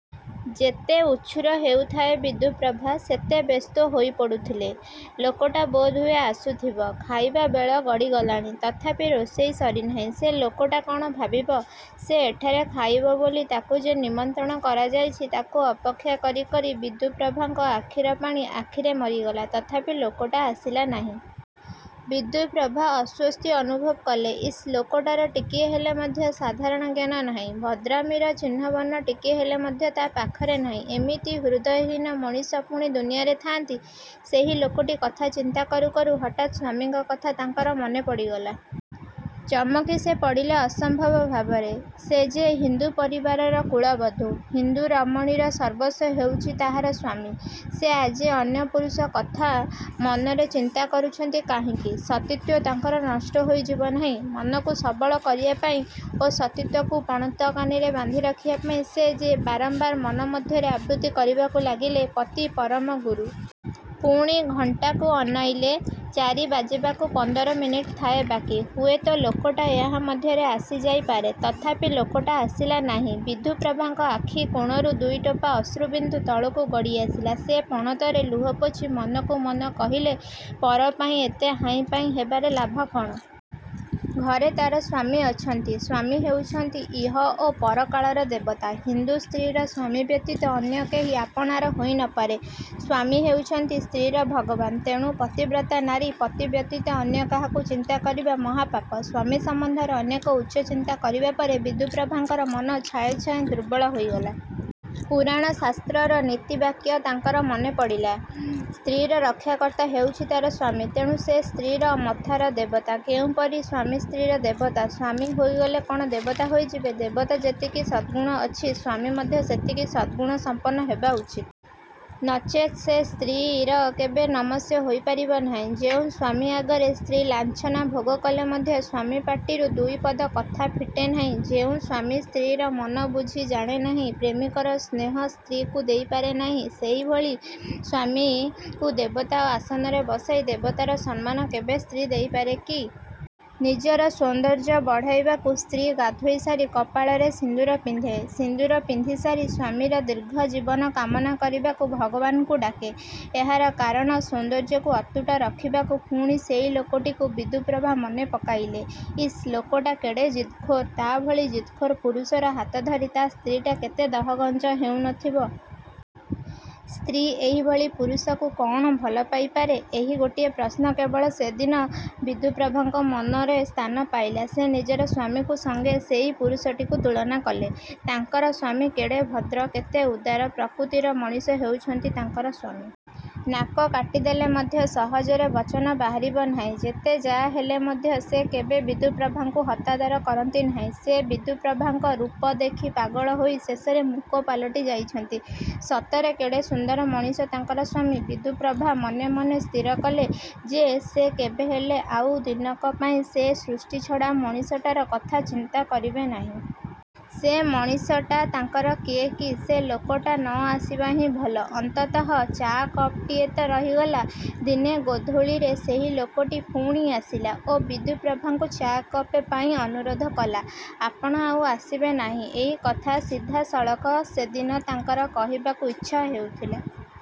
ଯେତେ ଉଛୁର ହେଉଥାଏ ବିଦ୍ୟୁପ୍ରଭା ସେତେ ବ୍ୟସ୍ତହୋଇ ପଡ଼ୁଥିଲେ। ଲୋକଟା ବୋଧହୁଏ ଆସୁଥିବ। ଖାଇବା ବେଳ ଗଡ଼ିଗଲାଣି। ତଥାପି ରୋଷେଇ ସରିନାହିଁ। ସେ ଲୋକଟା କ'ଣ ଭାବିବ? ସେ ଏଠାରେ ଖାଇବ ବୋଲି ତାକୁ ଯେ ନିମନ୍ତ୍ରଣ କରାଯାଇଛି। ତାକୁ ଅପେକ୍ଷା କରି କରି ବିଦ୍ୟୁପ୍ରଭାଙ୍କର ଆଖିର ପାଣି ଆଖିରେ ମରିଗଲା ତଥାପି ଲୋକଟା ଆସିଲା ନାହିଁ। ବିଦ୍ୟୁପ୍ରଭା ଅସ୍ୱସ୍ତି ଅନୁଭବ କଲେ। ଇସ୍ ଲୋକଟାର ଟିକିଏ ହେଲେ ମଧ୍ୟ ସାଧାରଣଜ୍ଞାନ ନାହିଁ। ଭଦ୍ରାମିର ଚିହ୍ନ ବର୍ଣ୍ଣ ଟିକିଏ ହେଲେ ମଧ୍ୟ ତା' ପାଖରେ ନାହିଁ। ଏମିତି ହୃଦୟହୀନ ମଣିଷ ପୁଣି ଦୁନିଆରେ ଥାଆନ୍ତି? ସେହି ଲୋକଟି କଥା ଚିନ୍ତା କରୁ କରୁ ହଠାତ୍ ସ୍ୱାମୀଙ୍କ କଥା ତାଙ୍କର ମନେପଡ଼ିଗଲା। ଚମକି ସେ ପଡ଼ିଲେ ଅସମ୍ଭବ ଭାବରେ। ସେ ଯେ ହିନ୍ଦୁ ପରିବାରର କୁଳବଧୁ। ହିନ୍ଦୁରମଣୀର ସର୍ବସ୍ୱ ହେଉଛି ତାହାର ସ୍ଵାମୀ। ସେ ଆଜି ଅନ୍ୟ ପୁରୁଷ କଥା ମନରେ ଚିନ୍ତା କରୁଛନ୍ତି କାହିଁକି? ସତୀତ୍ୱ ତାଙ୍କର ନଷ୍ଟ ହୋଇଯିବ ନାହିଁ? ମନକୁ ସବଳ କରିବା ପାଇଁ ଓ ସତୀତ୍ୱକୁ ପଣତକାନିରେ ବାନ୍ଧିରଖିବା ପାଇଁ ସେ ବାରମ୍ବାର ମନମଧ୍ୟରେ ଆବୃତ୍ତି କରିବାକୁ ଲାଗିଲେ 'ପତି ପରମ ଗୁରୁ। ' ପୁଣି ଘଣ୍ଟାକୁ ଅନାଇଲେ। ଚାରି ବାଜିବାକୁ ପନ୍ଦର ମିନିଟ୍ ଥାଏ ବାକି। ହୁଏତ ଲୋକଟା ଏହା ମଧ୍ୟରେ ଆସିଯାଇପାରେ? ତଥାପି ଲୋକଟା ଆସିଲା ନାହିଁ। ବିଦ୍ୟୁପ୍ରଭାଙ୍କ ଆଖି କୋଣରୁ ଦୁଇଟୋପା ଅଶ୍ରୁବିନ୍ଦୁ ତଳକୁ ଗଡ଼ିଆସିଲା। ସେ ପଣତରେ ଲୁହ ପୋଛି ମନକୁ ମନ କହିଲେ ପର ପାଇଁ ଏତେ ହାଇଁପାଇଁ ହେବାରେ ଲାଭ କ'ଣ? ଘରେ ତା'ର ସ୍ୱାମୀ ଅଛନ୍ତି। ସ୍ୱାମୀ ହେଉଛନ୍ତି ଇହ ଓ ପରକାଳର ଦେବତା। ହିନ୍ଦୁ ସ୍ତ୍ରୀର ସ୍ୱାମୀ ବ୍ୟତୀତ ଅନ୍ୟ କେହି ଆପଣାର ହୋଇନପାରେ। ସ୍ୱାମୀ ହେଉଛନ୍ତି ସ୍ତ୍ରୀର ଭଗବାନ। ତେଣୁ ପତିବ୍ରତା ନାରୀ ପତି ବ୍ୟତୀତ ଅନ୍ୟ କାହାକୁ ଚିନ୍ତା କରିବା ମହାପାପ। ସ୍ୱାମୀ ସମ୍ବନ୍ଧରେ ଅନେକ ଉଚ୍ଚ ଚିନ୍ତା କରିବା ପରେ ବିଦ୍ୟୁପ୍ରଭାଙ୍କର ମନ ଛାଏଁ ଛାଏଁ ଦୁର୍ବଳ ହୋଇଗଲା। ପୁରାଣ ଶାସ୍ତ୍ରର ନୀତିବାକ୍ୟ ତାଙ୍କର ମନେପଡ଼ିଲା। ସ୍ତ୍ରୀର ରକ୍ଷାକର୍ତ୍ତା ହେଉଛି ତା'ର ସ୍ୱାମୀ। ତେଣୁ ସେ ସ୍ତ୍ରୀର ମଥାର ଦେବତା। କେଉଁପରି ସ୍ୱାମୀ ସ୍ତ୍ରୀର ଦେବତା? ସ୍ୱାମୀ ହୋଇଗଲେ କ'ଣ ଦେବତା ହୋଇଯିବେ-? ଦେବତାର ଯେତିକି ସଦ୍ଗୁଣ ଅଛି ସ୍ୱାମୀ ମଧ୍ୟ ସେତିକି ସଦ୍ଗୁଣସମ୍ପନ୍ନ ହେବା ଉଚିତ୍। ନଚେତ୍ ସେ ସ୍ତ୍ରୀର କେବେ ନମସ୍ୟ ହୋଇପାରିବ ନାହିଁ। ଯେଉଁ ସ୍ୱାମୀ ଆଗରେ ସ୍ତ୍ରୀ ଲାଞ୍ଛନା ଭୋଗ କଲେ ମଧ୍ୟ ସ୍ୱାମୀ ପାଟିରୁ ଦୁଇପଦ କଥା ଫିଟେନାହିଁ, ଯେଉଁ ସ୍ୱାମୀ ସ୍ତ୍ରୀର ମନ ବୁଝି ଜାଣେ ନାହିଁ, ପ୍ରେମିକର ସ୍ନେହ ସ୍ତ୍ରୀକୁ ଦେଇପାରେ ନାହିଁ, ସେହିଭଳି ସ୍ୱାମୀକୁ ଦେବତାର ଆସନରେ ବସାଇ ଦେବତାର ସମ୍ମାନ କେବେ ସ୍ତ୍ରୀ ଦେଇପାରେ କି? ନିଜର ସୌନ୍ଦର୍ଯ୍ୟ ବଢ଼ାଇବାକୁ ସ୍ତ୍ରୀ ଗାଧୋଇସାରି କପାଳରେ ସିନ୍ଦୂର ପିନ୍ଧେ। ସିନ୍ଦୂର ପିନ୍ଧିସାରି ସ୍ୱାମୀର ଦୀର୍ଘଜୀବନ କାମନା କରିବାକୁ ଭଗବାନଙ୍କୁ ଡାକେ। ଏହାର କାରଣ ସୌନ୍ଦର୍ଯ୍ୟକୁ ଅତୁଟ ରଖିବାକୁ। ପୁଣି ସେହି ଲୋକଟିକୁ ବିଦ୍ୟୁପ୍ରଭା ମନେପକାଇଲେ। ଇସ୍ ଲୋକଟା କେଡ଼େ ଜିଦଖୋର। ତା' ଭଳି ଜିଦଖୋର ପୁରୁଷର ହାତଧରି ତା'ର ସ୍ତ୍ରୀଟା କେତେ ଦହଗଞ୍ଜ ହେଉନଥିବ? ସ୍ତ୍ରୀ ଏହିଭଳି ପୁରୁଷକୁ କ'ଣ ଭଲପାଇପାରେ? ଏହି ଗୋଟିଏ ପ୍ରଶ୍ନ କେବଳ ସେଦିନ ବିଦ୍ୟୁପ୍ରଭାଙ୍କ ମନରେ ସ୍ଥାନ ପାଇଲା। ସେ ନିଜର ସ୍ୱାମୀଙ୍କ ସଙ୍ଗେ ସେହି ପୁରୁଷଟିକୁ ତୁଳନା କଲେ। ତାଙ୍କର ସ୍ୱାମୀ କେଡ଼େ ଭଦ୍ର। କେତେ ଉଦାର ପ୍ରକୃତିର ମଣିଷ ହେଉଛନ୍ତି ତାଙ୍କର ସ୍ୱାମୀ। ନାକ କାଟିଦେଲେ ମଧ୍ୟ ସହଜରେ ବଚନ ବାହାରିବ ନାହିଁ। ଯେତେ ଯାହାହେଲେ ମଧ୍ୟ ସେ କେବେ ବିଦ୍ୟୁପ୍ରଭାକୁ ହତାଦର କରନ୍ତି ନାହିଁ। ସେ ବିଦ୍ୟୁପ୍ରଭାଙ୍କ ରୂପ ଦେଖି ପାଗଳ ହୋଇ ଶେଷରେ ମୂକ ପାଲଟି ଯାଇଛନ୍ତି। ସତରେ କେଡ଼େ ସୁନ୍ଦର ମଣିଷ ତାଙ୍କର ସ୍ୱାମୀ! ବିଦ୍ୟୁପ୍ରଭା ମନେମନେ ସ୍ଥିର କଲେ ଯେ ସେ କେବେହେଲେ ଆଉ ଦିନକ ପାଇଁ ସେହି ସୃଷ୍ଟିଛଡ଼ା ମଣିଷଟାର କଥା ଚିନ୍ତା କରିବେ ନାହିଁ। ସେ ମଣିଷଟା ତାଙ୍କର କିଏ କି? ସେ ଲୋକଟା ନ ଆସିବା ହିଁ ଭଲ। ଅନ୍ତତଃ ଚା' କପ୍ଟିଏ ତ ରହିଗଲା। ଦିନେ ଗୋଧୂଳିରେ ସେହି ଲୋକଟି ପୁଣି ଆସିଲା ଓ ବିଦ୍ୟୁପ୍ରଭାଙ୍କୁ ଚା' କପେ ପାଇଁ ଅନୁରୋଧ କଲା। 'ଆପଣ ଆଉ ଆସିବେ ନାହିଁ ' ଏହିକଥା ସିଧାସଳଖ ସେଦିନ ତାଙ୍କର କହିବାକୁ ଇଚ୍ଛା ହେଉଥିଲା।